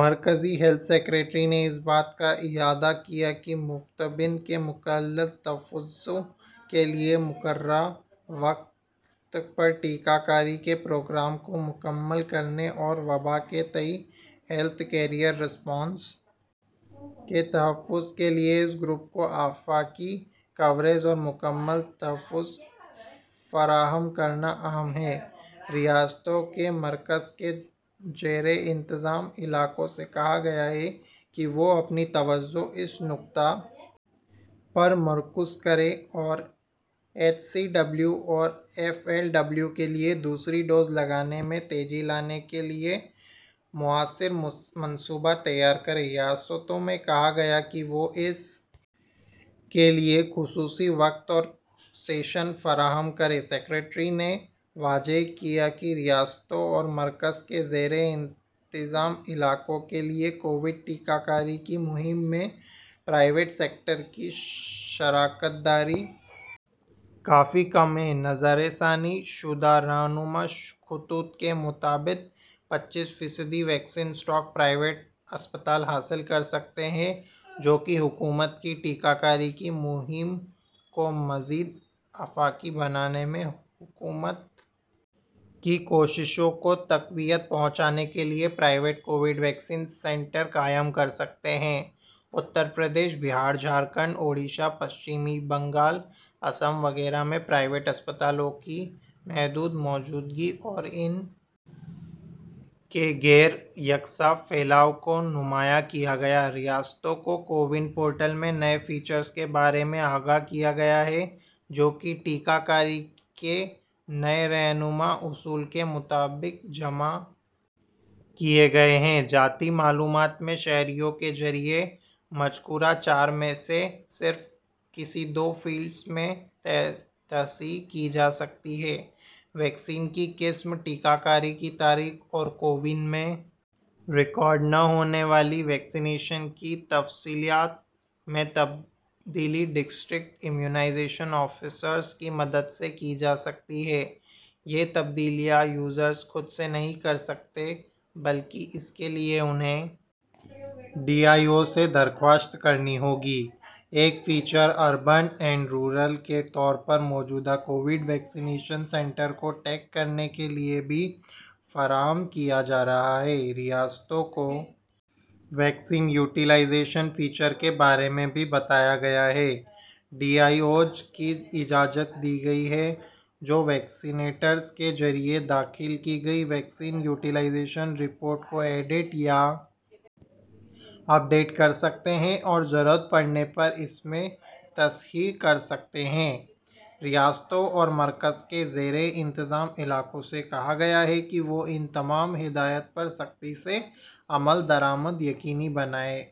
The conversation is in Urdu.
مرکزی ہیلتھ سکریٹری نے اس بات کا اعادہ کیا کہ مستفیدین کے مکمل تحفظ کے لیے مقررہ وقت پر ٹیکہ کاری کے پروگرام کو مکمل کرنے اور وبا کے تئیں ہیلتھ کیئر رسپانس کے تحفظ کے لیے اس گروپ کو آفاقی کوریج اور مکمل تحفظ فراہم کرنا اہم ہے ریاستوں اور مرکز کے زیر انتظام علاقوں سے کہا گیا ہے کہ وہ اپنی توجہ اس نکتہ پر مرکوز کریں اور ایچ سی ڈبلیو اور ایف ایل ڈبلیو کے لیے دوسری ڈوز لگانے میں تیزی لانے کے لیے موثر منصوبہ تیار کریں ریاستوں سے کہا گیا ہے کہ وہ اس کے لیے خصوصی وقت اور سیشن فراہم کریں سکریٹری نے واضح کیا کہ ریاستوں اور مرکز کے زیر انتظام علاقوں کے لیے کووڈ ٹیکہ کاری کی مہم میں پرائیویٹ سیکٹر کی شراکت داری کافی کم ہے نظرثانی شدہ رہنما خطوط کے مطابق پچیس فیصد ویکسین اسٹاک پرائیویٹ اسپتال حاصل کر سکتے ہیں جو کہ حکومت کی ٹیکہ کاری کی مہم کو مزید آفاقی بنانے میں حکومت کی کوششوں کو تقویت پہنچانے کے لیے private covid vaccination centres قائم کر سکتے ہیں اتر پردیش بہار جھارکھنڈ اڈیشہ مغربی بنگال آسام وغیرہ میں پرائیویٹ اسپتالوں کی محدود موجودگی اور ان کے غیر یکساں پھیلاؤ کو نمایاں کیا گیا ریاستوں کو کووِن پورٹل میں نئے فیچرز کے بارے میں آگاہ کیا گیا ہے جو کہ ٹیکہ کاری کے نئے رہنما اصول کے مطابق جمع کیے گئے ہیں ذاتی معلومات میں شہریوں کے ذریعہ مذکورہ چار میں سے صرف کسی دو فیلڈز میں تصحیح کی جا سکتی ہے ویکسین کی قسم ٹیکہ کاری کی تاریخ اور کووِن میں ریکارڈ نہ ہونے والی ویکسی نیشن کی تفصیلات میں تبدیلی ڈسٹرکٹ امیونائزیشن آفیسرز کی مدد سے کی جا سکتی ہے یہ تبدیلیاں صارفین خود سے نہیں کر سکتے بلکہ اس کے لیے انہیں ڈی آئی او سے درخواست کرنی ہوگی ایک فیچر اربن اینڈ رورل کے طور پر موجودہ کووڈ ویکسی نیشن سینٹرز کو ٹیگ کرنے کے لیے بھی فراہم کیا جا رہا ہے ریاستوں کو ویکسین یوٹیلائزیشن فیچر کے بارے میں بھی بتایا گیا ہے ڈی آئی اوز کو اجازت دی گئی ہے کہ وہ ویکسی نیٹرس کے ذریعہ داخل کی گئی ویکسین یوٹیلائزیشن رپورٹ کو ایڈٹ یا اپ ڈیٹ کر سکتے ہیں اور ضرورت پڑنے پر اس میں تصحیح کر سکتے ہیں ریاستوں اور مرکز کے زیر انتظام علاقوں سے کہا گیا ہے کہ وہ ان تمام ہدایات پر سختی سے عمل درآمد یقینی بنائیں